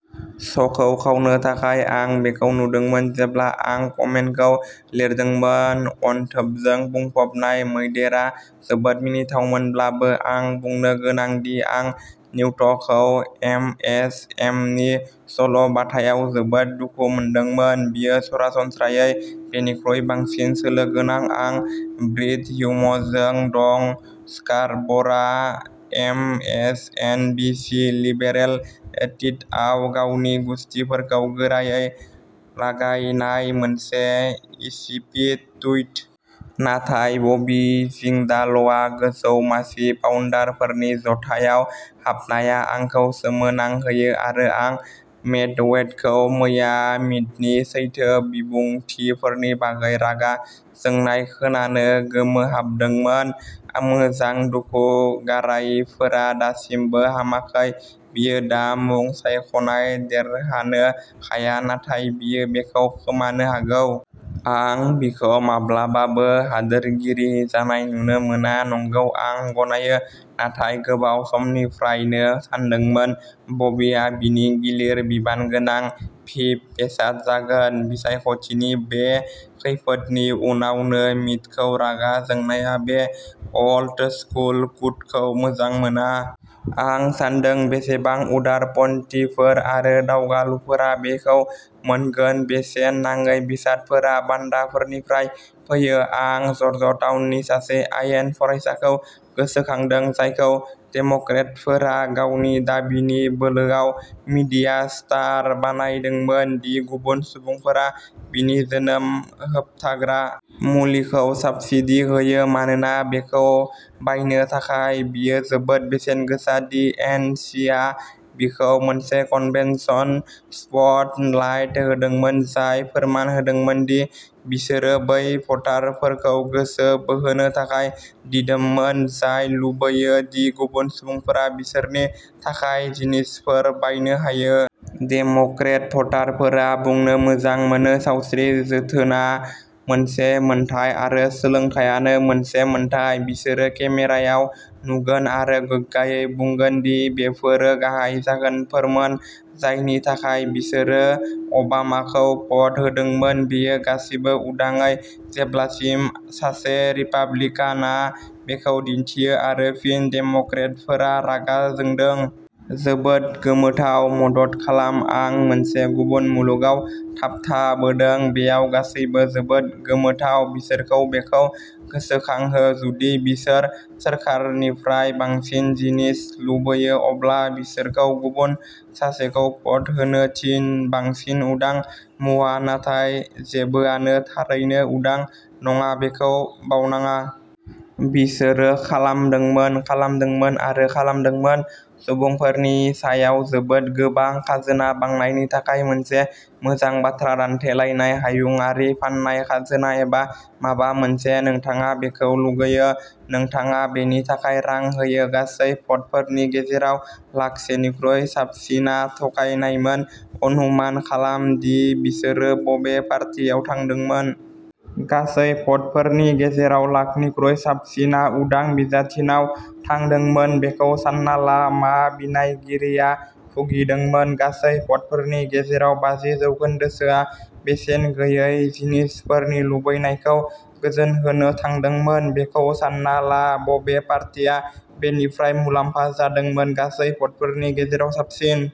श'खौ खावनो थाखाय। आं बेखौ नुदोंमोन जेब्ला आं कमेन्टखौ लिरदोंमोन अनथोबजों बुंफबनाय मैदेरआ जोबोद मिनिथावमोनब्लाबो आं बुंनो गोनां दि आं निउटसखौ एमएसएमनि सल'बाथायाव जोबोद दुखु मोनदोंमोन। बियो सरासनस्रायै बेनिख्रुइ बांसिन सोलो गोनां। आं ब्रिट हिउमजों दं स्कारबर'आ एमएसएनबीसी लिबेरेल टिटआव गावनि गुसथिफोरखौ गोरायै लागायनाय मोनसे इसिपिड टुइट। नाथाय बबी जिंदालआ गोजौ मासि पाउन्डारफोरनि ज'थायाव हाबनाया आंखौ सोमोनांहोयो। आरो आं मेदवेदखौ मैया मिटनि सैथो बिबुंथिफोरनि बागै रागा जोंनाय खोनानो गोमोहाबदोंमोन। मोजां दुखु। गारायफोरा दासिमबो हामाखै। बियो दा मुं सायख'नाय देरहानो हाया नाथाय बियो बेखौ खोमानो हागौ। आं बिखौ माब्लाबाबो हादोरगिरि जानाय नुनो मोना नंगौ आं गनायो नाथाय गोबाव समनिफ्रायनो सानदोंमोन बबीआ बिनि गिलिर बिबानगोनां भिप बेसाद जागोन। बिसायख'थिनि बे खैफोदनि उनावनो मिटखौ रागा जोंनाया बे अल्ड स्कुल'कुटखौ मोजां मोना। आं सानदों बेसेबां उदारपन्थिफोर आरो दावगालुफोरा बेखौ मोनगोन? बेसेन नाङै बेसादफोरा बान्दाफोरनिफ्राय फैयो। आं जर्जटाउननि सासे आयेन फरायसाखौ गोसोखांदों, जायखौ डेम'क्रेटफोरा गावनि दाबिनि बोलोआव मिडिया स्टार बानायदोंमोन दि गुबुन सुबुंफोरा बिनि जोनोम होबथाग्रा। मुलिखौ साब्सिडी होयो मानोना बेखौ बायनो थाखाय बियो जोबोद बेसेन गोसा दि एन सि आ बिखौ मोनसे कन्वेन्शन स्पटलाइट होदोंमोन जाय फोरमान होदोंमोन दि बिसोरो बै भटारफोरखौ गोसो बोहोनो थाखाय दिदोममोन जाय लुबैयो दि गुबुन सुबुंफोरा बिसोरनि थाखाय जिनिसफोर बायनो हायो। डेम'क्रेट भटारफोरा बुंनो मोजां मोनो सावस्रि जोथोनआ मोनसे मोन्थाइ आरो सोलोंथायानो मोनसे मोन्थाइ। बिसोरो केमेरायाव नुगोन आरो गोग्गायै बुंगोन दि बेफोरो गाहाय जाहोनफोरमोन जायनि थाखाय बिसोरो अबामाखौ भ'ट होदोंमोन। बेयो गासिबो उदाङै जेब्लासिम सासे रिपाब्लिकानआ बेखौ दिन्थियो आरो फिन डेम'क्रेटफोरा रागा जोंदों। जोबोद गोमोथाव। मदद खालाम आं मोनसे गुबुन मुलुगआव थाबथाबोदों। बेयाव गासैबो जोबोद गोमोथाव। बिसोरखौ बेखौ गोसोखांहो जुदि बिसोर सोरखारनिफ्राय बांसिन जिनिस लुगैयो अब्ला बिसोरखौ गुबुन सासेखौ भ'ट होनो थिन बांसिन उदां मुवा। नाथाय जेबोआनो थारैनो उदां नङा बेखौ बावनाङा। बिसोरो खालामदोंमोन खालामदोंमोन आरो खालामदोंमोन। सुबुंफोरनि सायाव जोबोद गोबां खाजोना बांनायनि थाखाय मोनसे मोजां बाथ्रा दान्थेलायनाय। हायुंआरि फान्नाय खाजोना एबा माबा मोनसे। नोंथाङा बेखौ लुगैयो नोंथाङा बेनि थाखाय रां होयो। गासै भटफोरनि गेजेराव लाखसेनिख्रुइ साबसिनआ थगायनायमोन अनुमान खालाम दि बिसोरो बबे पार्टियाव थांदोंमोन। गासै भटफोरनि गेजेराव लाखनिख्रुइ साबसिनआ उदां बिजाथिनाव थांदोंमोन। बेखौ सान्ना ला मा बिनायगिरिया भुगिदोंमोन गासै भटफोरनि गेजेराव बाजि जौखोन्दोसोआ बेसेन गैयै जिनिसफोरनि लुबैनायखौ गोजोनहोनो थांदोंमोन। बेखौ सान्ना ला बबे पार्टिआ बेनिफ्राय मुलाम्फा जादोंमोन गासै भटफोरनि गेजेराव साबसिन।